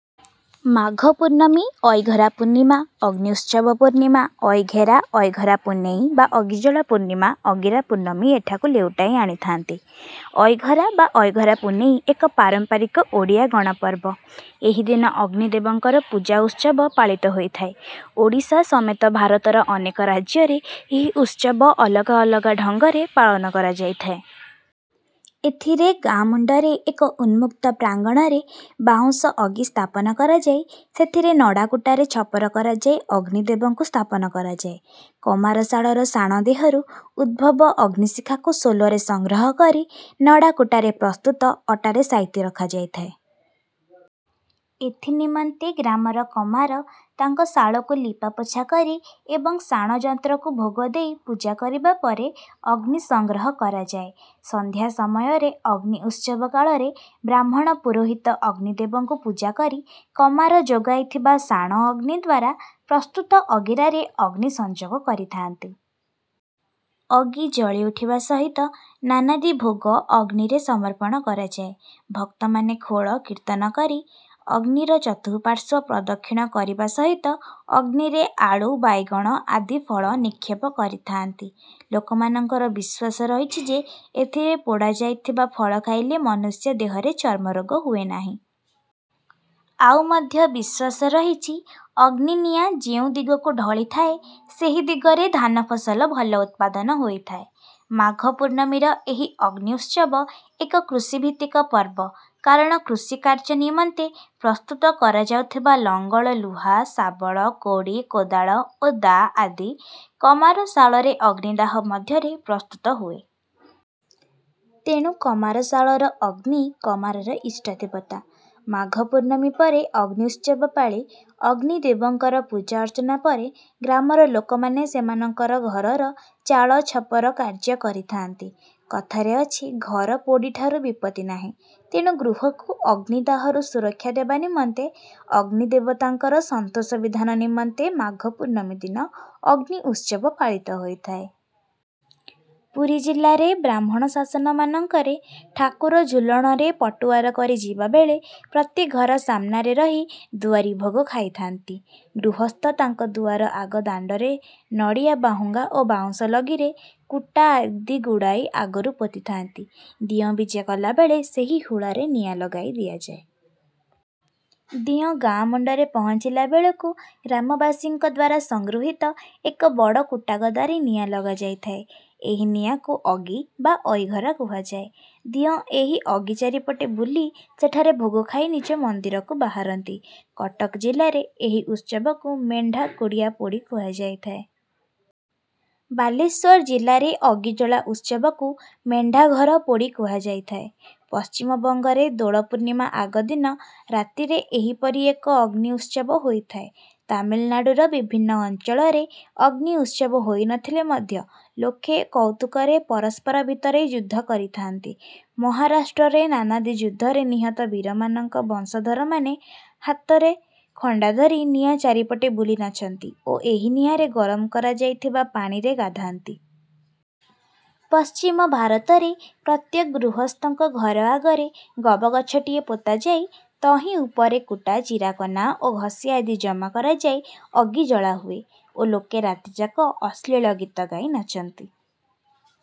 ମାଘ ପୂର୍ଣ୍ଣମୀ ଅଇଘରା ପୂର୍ଣ୍ଣିମା ଅଗ୍ନ୍ୟୁତ୍ସବ ପୂର୍ଣ୍ଣିମା ଅଇଘେରା ଅଇଘରା ପୁନେଇଁ ବା ଅଗିଜଳା ପୂର୍ଣ୍ଣିମା ଅଗିରା ପୂର୍ଣ୍ଣମୀ ଏଠାକୁ ଲେଉଟାଇ ଆଣିଥାନ୍ତି। ଅଇଘରା ବା ଅଇଘରା ପୁନେଇଁ ଏକ ପାରମ୍ପାରିକ ଓଡ଼ିଆ ଗଣପର୍ବ। ଏହି ଦିନ ଅଗ୍ନିଦେବଙ୍କର ପୂଜା ଉତ୍ସବ ପାଳିତ ହୋଇଥାଏ। ଓଡ଼ିଶା ସମେତ ଭାରତର ଅନେକ ରାଜ୍ୟରେ ଏହି ଉତ୍ସବ ଅଲଗା ଅଲଗା ଢଙ୍ଗରେ ପାଳନ କରାଯାଇଥାଏ। ଏଥିରେ ଗାଁ ମୁଣ୍ଡରେ ଏକ ଉନ୍ମୁକ୍ତ ପ୍ରାଙ୍ଗଣରେ ବାଉଁଶ ଅଗି ସ୍ଥାପନ କରାଯାଇ ସେଥିରେ ନଡ଼ା କୁଟାରେ ଛପର କରାଯାଇ ଅଗ୍ନି ଦେବଙ୍କୁ ସ୍ଥାପନ କରାଯାଏ। କମାରଶାଳର ଶାଣ ଦେହରୁ ଉଦ୍ଭବ ଅଗ୍ନିଶିଖାକୁ ଶୋଲରେ ସଂଗ୍ରହ କରି ନଡ଼ା କୁଟାରେ ପ୍ରସ୍ତୁତ ଅଟାରେ ସାଇତି ରଖାଯାଇଥାଏ। ଏଥି ନିମନ୍ତେ ଗ୍ରାମର କମାର ତାଙ୍କ ଶାଳକୁ ଲିପା ପୋଛା କରି ଏବଂ ଶାଣ ଯନ୍ତ୍ରକୁ ଭୋଗ ଦେଇ ପୂଜା କରିବା ପରେ ଅଗ୍ନି ସଂଗ୍ରହ କରାଯାଏ। ସନ୍ଧ୍ୟା ସମୟରେ ଅଗ୍ନି ଉତ୍ସବ କାଳରେ ବ୍ରାହ୍ମଣ ପୁରୋହିତ ଅଗ୍ନିଦେବଙ୍କୁ ପୂଜା କରି କମାର ଯୋଗାଇଥିବା ଶାଣ ଅଗ୍ନିଦ୍ୱାରା ପ୍ରସ୍ତୁତ ଅଗିରାରେ ଅଗ୍ନି ସଂଯୋଗ କରିଥାଆନ୍ତି। ଅଗି ଜଳି ଉଠିବା ସହିତ ନାନାଦି ଭୋଗ ଅଗ୍ନିରେ ସମର୍ପଣ କରାଯାଏ। ଭକ୍ତମାନେ ଖୋଳ କୀର୍ତ୍ତନ କରି ଅଗ୍ନିର ଚତୁଃପାର୍ଶ୍ୱ ପ୍ରଦକ୍ଷିଣ କରିବା ସହିତ ଅଗ୍ନିରେ ଆଳୁ ବାଇଗଣ ଆଦି ଫଳ ନିକ୍ଷେପ କରିଥାଆନ୍ତି। ଲୋକମାନଙ୍କର ବିଶ୍ୱାସ ରହିଛି ଯେ ଏଥିରେ ପୋଡ଼ା ଯାଇଥିବା ଫଳ ଖାଇଲେ ମନୁଷ୍ୟ ଦେହରେ ଚର୍ମରୋଗ ହୁଏ ନାହିଁ। ଆଉ ମଧ୍ୟ ବିଶ୍ୱାସ ରହିଛି ଅଗ୍ନି ନିଆଁ ଯେଉଁ ଦିଗକୁ ଢଳିଥାଏ ସେହି ଦିଗରେ ଧାନ ଫସଲ ଭଲ ଉତ୍ପାଦନ ହୋଇଥାଏ। ମାଘ ପୂର୍ଣ୍ଣମୀର ଏହି ଅଗ୍ନ୍ୟୁତ୍ସବ ଏକ କୃଷିଭିତ୍ତିକ ପର୍ବ। କାରଣ କୃଷି କାର୍ଯ୍ୟ ନିମନ୍ତେ ପ୍ରସ୍ତୁତ କରାଯାଉଥିବା ଲଙ୍ଗଳ ଲୁହା ଶାବଳ କୋଡ଼ି କୋଦାଳ ଓ ଦାଆ ଆଦି କମାର ଶାଳରେ ଅଗ୍ନିଦାହ ମଧ୍ୟରେ ପ୍ରସ୍ତୁତ ହୁଏ। ତେଣୁ କମାର ଶାଳର ଅଗ୍ନି କମାରର ଇଷ୍ଟ ଦେବତା। ମାଘ ପୂର୍ଣ୍ଣମୀ ପରେ ଅଗ୍ନ୍ୟୁତ୍ସବ ପାଳି ଅଗ୍ନି ଦେବଙ୍କର ପୂଜା ଅର୍ଚ୍ଚନା ପରେ ଗ୍ରାମର ଲୋକମାନେ ସେମାନଙ୍କର ଘରର ଚାଳ ଛପର କାର୍ଯ୍ୟ କରିଥାଆନ୍ତି। କଥାରେ ଅଛି ଘର ପୋଡ଼ିଠାରୁ ବିପତ୍ତି ନାହିଁ। ତେଣୁ ଗୃହକୁ ଅଗ୍ନିଦାହରୁ ସୁରକ୍ଷା ଦେବା ନିମନ୍ତେ ଅଗ୍ନି ଦେବତାଙ୍କର ସନ୍ତୋଷ ବିଧାନ ନିମନ୍ତେ ମାଘ ପୂର୍ଣ୍ଣମୀ ଦିନ ଅଗ୍ନି ଉତ୍ସବ ପାଳିତ ହୋଇଥାଏ। ପୁରୀ ଜିଲ୍ଲାରେ ବ୍ରାହ୍ମଣ ଶାସନମାନଙ୍କରେ ଠାକୁର ଝୁଲଣରେ ପଟୁଆର କରି ଯିବାବେଳେ ପ୍ରତି ଘର ସାମନାରେ ରହି ଦୁଆରି ଭୋଗ ଖାଇଥାନ୍ତି। ଗୃହସ୍ଥ ତାଙ୍କ ଦୁଆର ଆଗ ଦାଣ୍ଡରେ ନଡ଼ିଆ ବାହୁଙ୍ଗା ଓ ବାଉଁଶ ଲଗିରେ କୁଟା ଆଦି ଗୁଡ଼ାଇ ଆଗରୁ ପୋତି ଥାନ୍ତି। ଦିଅଁ ବିଜେ କଲାବେଳେ ସେହି ହୁଳାରେ ନିଆଁ ଲଗାଇ ଦିଆଯାଏ। ଦିଅଁ ଗାଁ ମୁଣ୍ଡରେ ପହଞ୍ଚିଲା ବେଳକୁ ଗ୍ରାମବାସୀଙ୍କ ଦ୍ୱାରା ସଂଗୃହିତ ଏକ ବଡ଼ କୁଟାଗଦାରେ ନିଆଁ ଲଗାଯାଇଥାଏ। ଏହି ନିଆଁକୁ ଅଗି ବା ଅଇଘରା କୁହାଯାଏ। ଦିଅଁ ଏହି ଅଗି ଚାରିପଟେ ବୁଲି ସେଠାରେ ଭୋଗ ଖାଇ ନିଜ ମନ୍ଦିରକୁ ବାହାରନ୍ତି। କଟକ ଜିଲ୍ଲାରେ ଏହି ଉତ୍ସବକୁ ମେଣ୍ଢାକୁଡ଼ିଆ ପୋଡ଼ି କୁହାଯାଇଥାଏ। ବାଲେଶ୍ୱର ଜିଲ୍ଲାରେ ଅଗିଜଳା ଉତ୍ସବକୁ ମେଣ୍ଢାଘର ପୋଡ଼ି କୁହାଯାଇଥାଏ। ପଶ୍ଚିମବଙ୍ଗରେ ଦୋଳ ପୂର୍ଣ୍ଣିମା ଆଗ ଦିନ ରାତିରେ ଏହି ପରି ଏକ ଅଗ୍ନି ଉତ୍ସବ ହୋଇଥାଏ। ତାମିଲନାଡୁର ବିଭିନ୍ନ ଅଞ୍ଚଳରେ ଅଗ୍ନି ଉତ୍ସବ ହୋଇନଥିଲେ ମଧ୍ୟ ଲୋକେ କଉତୁକରେ ପରସ୍ପର ଭିତରେ ଯୁଦ୍ଧ କରିଥାନ୍ତି। ମହାରାଷ୍ଟ୍ରରେ ନାନାଦି ଯୁଦ୍ଧରେ ନିହତ ବୀରମାନଙ୍କ ବଂଶଧରମାନେ ହାତରେ ଖଣ୍ଡା ଧରି ନିଆଁ ଚାରିପଟେ ବୁଲି ନାଚନ୍ତି ଓ ଏହି ନିଆଁରେ ଗରମ କରାଯାଇଥିବା ପାଣିରେ ଗାଧାନ୍ତି। ପଶ୍ଚିମ ଭାରତରେ ପ୍ରତ୍ୟେକ ଗୃହସ୍ଥଙ୍କ ଘର ଆଗରେ ଗବଗଛଟିଏ ପୋତାଯାଇ ତହିଁ ଉପରେ କୁଟା ଚିରାକନା ଓ ଘଷି ଆଦି ଜମା କରାଯାଇ ଅଗି ଜଳା ହୁଏ ଓ ଲୋକେ ରାତିଯାକ ଅଶ୍ଳୀଳ ଗୀତ ଗାଇ ନାଚନ୍ତି।